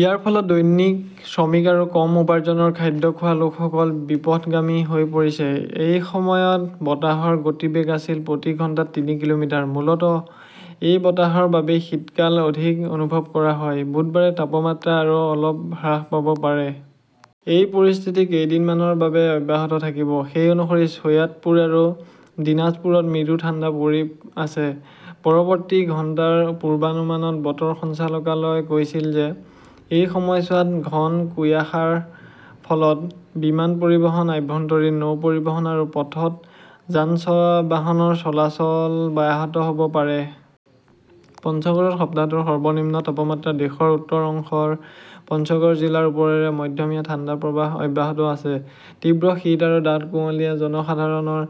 ইয়াৰ ফলত দৈনিক শ্ৰমিক আৰু কম উপাৰ্জনৰ খাদ্য খোৱা লোকসকল বিপথগামী হৈ পৰিছে। এই সময়ত বতাহৰ গতিবেগ আছিল প্ৰতি ঘণ্টাত তিনি কিলোমিটাৰ। মূলতঃ এই বতাহৰ বাবেই শীতকাল অধিক অনুভৱ কৰা হয়। বুধবাৰে তাপমাত্ৰা আৰু অলপ হ্ৰাস পাব পাৰে। এই পৰিস্থিতি কেইদিনমানৰ বাবে অব্যাহত থাকিব। সেই অনুসৰি, চৈয়াদপুৰ আৰু দিনাজপুৰত মৃদু ঠাণ্ডা পৰি আছে। পৰৱৰ্তী ঘণ্টাৰ পূৰ্বানুমানত বতৰ সঞ্চালকালয়ই কৈছিল যে, এই সময়ছোৱাত ঘন কুয়াশাৰ ফলত বিমান পৰিবহণ, আভ্যন্তৰীণ নৌ পৰিবহণ আৰু পথত যান-বাহনৰ চলাচল ব্যাহত হ 'ব পাৰে। পঞ্চগড়ত সপ্তাহটোৰ সৰ্বনিম্ন তাপমাত্ৰা দেশৰ উত্তৰ অংশৰ পঞ্চগড় জিলাৰ ওপৰেৰে মধ্যমীয়া ঠাণ্ডা প্ৰৱাহ অব্যাহত আছে। তীব্ৰ শীত আৰু ডাঠ কুঁৱলীয়ে জনসাধাৰণৰ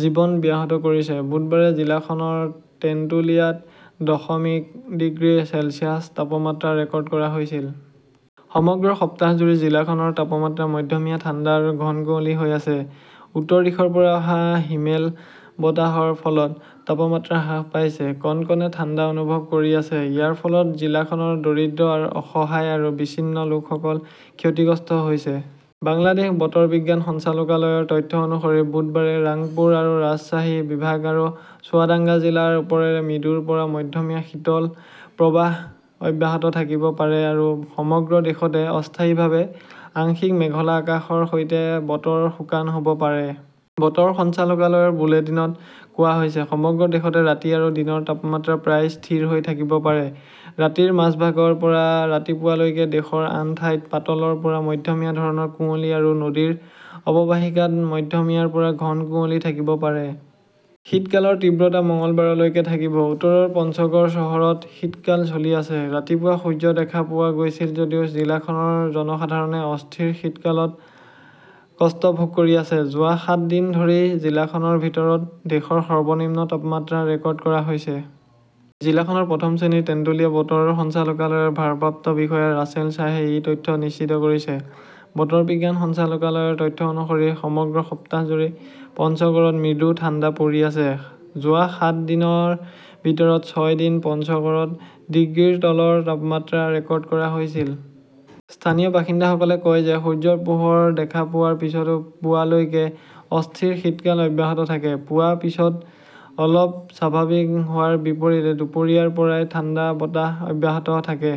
জীৱন ব্যাহত কৰিছে। বুধবাৰে জিলাখনৰ তেন্তুলিয়াত দশমিক ডিগ্ৰী চেলছিয়াছ তাপমাত্ৰা ৰেকৰ্ড কৰা হৈছিল। সমগ্ৰ সপ্তাহজুৰি জিলাখনৰ তাপমাত্ৰা মধ্যমীয়া ঠাণ্ডা আৰু ঘন কুঁৱলী হৈ আছে। উত্তৰ দিশৰ পৰা অহা হিমেল বতাহৰ ফলত তাপমাত্ৰা হ্ৰাস পাইছে। কনকনে ঠাণ্ডা অনুভৱ কৰি আছে। ইয়াৰ ফলত জিলাখনৰ দৰিদ্ৰ, অসহায় আৰু বিচ্ছিন্ন লোকসকল ক্ষতিগ্ৰস্ত হৈছে। বাংলাদেশ বতৰ বিজ্ঞান সঞ্চালকালয়ৰ তথ্য অনুসৰি, বুধবাৰে ৰাংপুৰ আৰু ৰাজশ্বাহী বিভাগ আৰু চুৱাদাঙ্গা জিলাৰ ওপৰেৰে মৃদুৰ পৰা মধ্যমীয়া শীতল প্ৰৱাহ অব্যাহত থাকিব পাৰে আৰু সমগ্ৰ দেশতে অস্থায়ীভাৱে আংশিক মেঘলা আকাশৰ সৈতে বতৰ শুকান হ'ব পাৰে। বতৰ সঞ্চালকালয়ৰ বুলেটিনত কোৱা হৈছে। সমগ্ৰ দেশতে ৰাতি আৰু দিনৰ তাপমাত্ৰা প্ৰায় স্থিৰ হৈ থাকিব পাৰে। ৰাতিৰ মাজভাগৰ পৰা ৰাতিপুৱা লৈকে দেশৰ আন ঠাইত পাতলৰ পৰা মধ্যমীয়া ধৰণৰ কুঁৱলী আৰু নদীৰ অৱবাহিকাত মধ্যমীয়াৰ পৰা ঘন কুঁৱলী থাকিব পাৰে। শীতকালৰ তীব্ৰতা মঙলবাৰলৈকে থাকিব। উত্তৰৰ পঞ্চগড় চহৰত শীতকাল চলি আছে। ৰাতিপুৱা সূৰ্য দেখা পোৱা গৈছিল যদিও জিলাখনৰ জনসাধাৰণে অস্থিৰ শীতকালত কষ্ট ভোগ কৰি আছে। যোৱা সাত দিন ধৰি জিলাখনৰ ভিতৰত দেশৰ সৰ্বনিম্ন তাপমাত্ৰা ৰেকৰ্ড কৰা হৈছে। জিলাখনৰ প্ৰথম শ্ৰেণীৰ টেন্টুলিয়া বতৰ সঞ্চালকালয়ৰ ভাৰপ্ৰাপ্ত বিষয়া ৰাছেল শ্বাহে এই তথ্য নিশ্চিত কৰিছে। বতৰ বিজ্ঞান সঞ্চালকালয়ৰ তথ্য অনুসৰি সমগ্ৰ সপ্তাহজুৰি পঞ্চগৰত মৃদু ঠাণ্ডা পৰি আছে। যোৱা সাত দিনৰ ভিতৰত ছয় দিন পঞ্চগড়ত ডিগ্ৰীৰ তলৰ তাপমাত্ৰা ৰেকৰ্ড কৰা হৈছিল। স্থানীয় বাসিন্দাসকলে কয় যে, সূৰ্যৰ পোহৰ দেখা পোৱাৰ পিছতো পুৱালৈকে অস্থিৰ শীতকাল অব্যাহত থাকে। পুৱা পিছত অলপ স্বাভাৱিক হোৱাৰ বিপৰীতে দুপৰীয়াৰ পৰাই ঠাণ্ডা বতাহ অব্যাহত থাকে।